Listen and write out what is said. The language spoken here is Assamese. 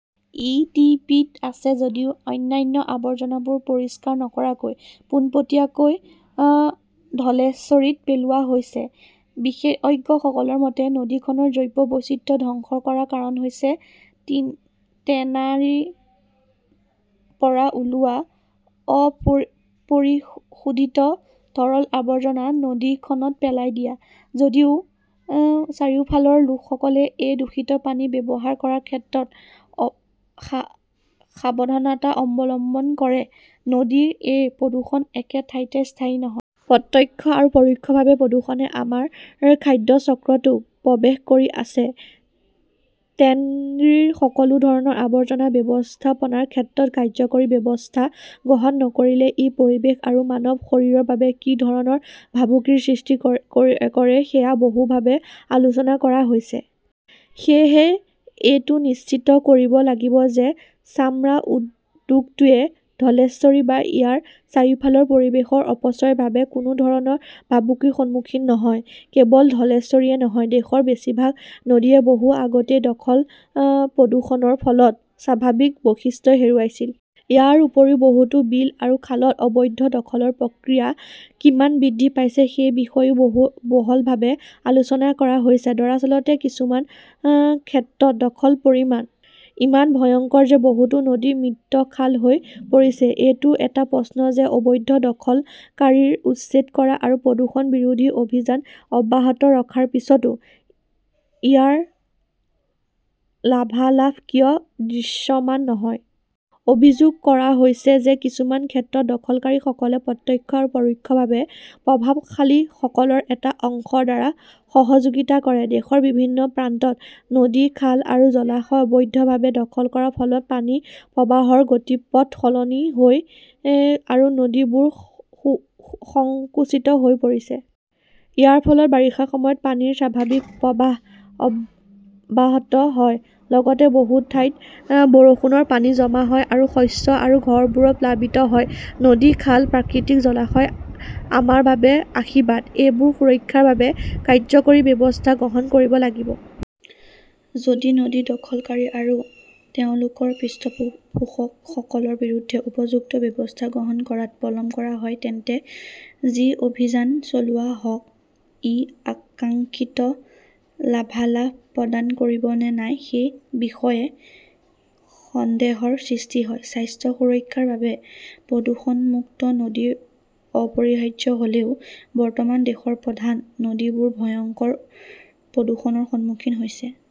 ই. টি. পি.ত আছে যদিও অন্যান্য আৱৰ্জনাবোৰ পৰিষ্কাৰ নকৰাকৈ পোনপটীয়াকৈ ধলেশ্বৰীত পেলোৱা হৈছে। বিশেষজ্ঞসকলৰ মতে, নদীখনৰ জৈৱ বৈচিত্ৰ্য ধ্বংস কৰাৰ কাৰণ হৈছে টেনাৰীৰ পৰা ওলোৱা অপৰিশোধিত তৰল আৱৰ্জনা নদীখনত পেলাই দিয়া। যদিও চাৰিওফালৰ লোকসকলে এই দূষিত পানী ব্যৱহাৰ কৰাৰ ক্ষেত্ৰত সাৱধানতা অৱলম্বন কৰে, নদীৰ এই প্ৰদূষণ একে ঠাইতে স্থায়ী নহয় । প্ৰত্যক্ষ আৰু পৰোক্ষভাৱে প্ৰদূষণে আমাৰ খাদ্য চক্ৰতো প্ৰৱেশ কৰি আছে। টেনৰীৰ সকলো ধৰণৰ আৱৰ্জনা ব্যৱস্থাপনাৰ ক্ষেত্ৰত কাৰ্যকৰী ব্যৱস্থা গ্ৰহণ নকৰিলে ই পৰিৱেশ আৰু মানৱ শৰীৰৰ বাবে কি ধৰণৰ ভাবুকিৰ সৃষ্টি কৰে সেয়া বহুলভাৱে আলোচনা কৰা হৈছে। সেয়েহে এইটো নিশ্চিত কৰিব লাগিব যে চামৰা উদ্যোগটোৱে ধলেশ্বৰী বা ইয়াৰ চাৰিওফালৰ পৰিৱেশৰ অপচয়ৰ বাবে কোনো ধৰণৰ ভাবুকিৰ সন্মুখীন নহয়। কেৱল ধলেশ্বৰেই নহয়, দেশৰ বেছিভাগ নদীয়ে বহু আগতেই দখল প্ৰদূষণৰ ফলত স্বাভাৱিক বৈশিষ্ট্য হেৰুৱাইছিল। ইয়াৰ উপৰিও বহুতো বিল আৰু খালত অবৈধ দখলৰ প্ৰক্ৰিয়া কিমান বৃদ্ধি পাইছে সেই বিষয়েও বহু বহুলভাৱে আলোচনা কৰা হৈছে। দৰাচলতে, কিছুমান ক্ষেত্ৰত দখল পৰিমাণ ইমান ভয়ংকৰ যে বহুতো নদী মৃত খাল হৈ পৰিছে। এইটো এটা প্ৰশ্ন যে অবৈধ দখলকাৰীক উচ্ছেদ কৰা আৰু প্ৰদূষণ বিৰোধী অভিযান অব্যাহত ৰখাৰ পিছতো ইয়াৰ লাভালাভ কিয় দৃশ্যমান নহয়। অভিযোগ কৰা হৈছে যে কিছুমান ক্ষেত্ৰত দখলকাৰীসকলে প্ৰত্যক্ষ আৰু প্ৰৰোক্ষভাৱে প্ৰভাৱশালীসকলৰ এটা অংশৰ দ্বাৰা সহযোগিতা কৰে। দেশৰ বিভিন্ন প্ৰান্তত নদী, খাল আৰু জলাশয় অবৈধভাৱে দখল কৰাৰ ফলত পানীৰ প্ৰৱাহৰ গতিপথ সলনি হৈ আৰু নদীবোৰ হয় সুসংকুচিত হৈ পৰিছে। ইয়াৰ ফলত বাৰিষাৰ সময়ত পানীৰ স্বাভাৱিক প্ৰৱাহ অব্যাহত হয়, লগতে বহু ঠাইত বৰষুণৰ পানী জমা হয় আৰু শস্য আৰু ঘৰবোৰ প্লাবিত হয়। নদী, খাল, প্ৰাকৃতিক জলাশয় আমাৰ বাবে আশীৰ্বাদ। এইবোৰ সুৰক্ষাৰ বাবে কাৰ্যকৰী ব্যৱস্থা গ্ৰহণ কৰিব লাগিব। যদি নদী দখলকাৰী আৰু তেওঁলোকৰ পৃষ্ঠপোষকসকলৰ বিৰুদ্ধে উপযুক্ত ব্যৱস্থা গ্ৰহণ কৰাত পলম কৰা হয়, তেন্তে যি অভিযান চলোৱা হওঁক, ই আকাংক্ষিত লাভালাভ প্ৰদান কৰিব নে নাই সেই বিষয়ে সন্দেহৰ সৃষ্টি হয়। স্বাস্থ্য সুৰক্ষাৰ বাবে প্ৰদূষণমুক্ত নদী অপৰিহাৰ্য হ'লেও বৰ্তমান দেশৰ প্ৰধান নদীবোৰ ভয়ংকৰ প্ৰদূষণৰ সন্মুখীন হৈছে।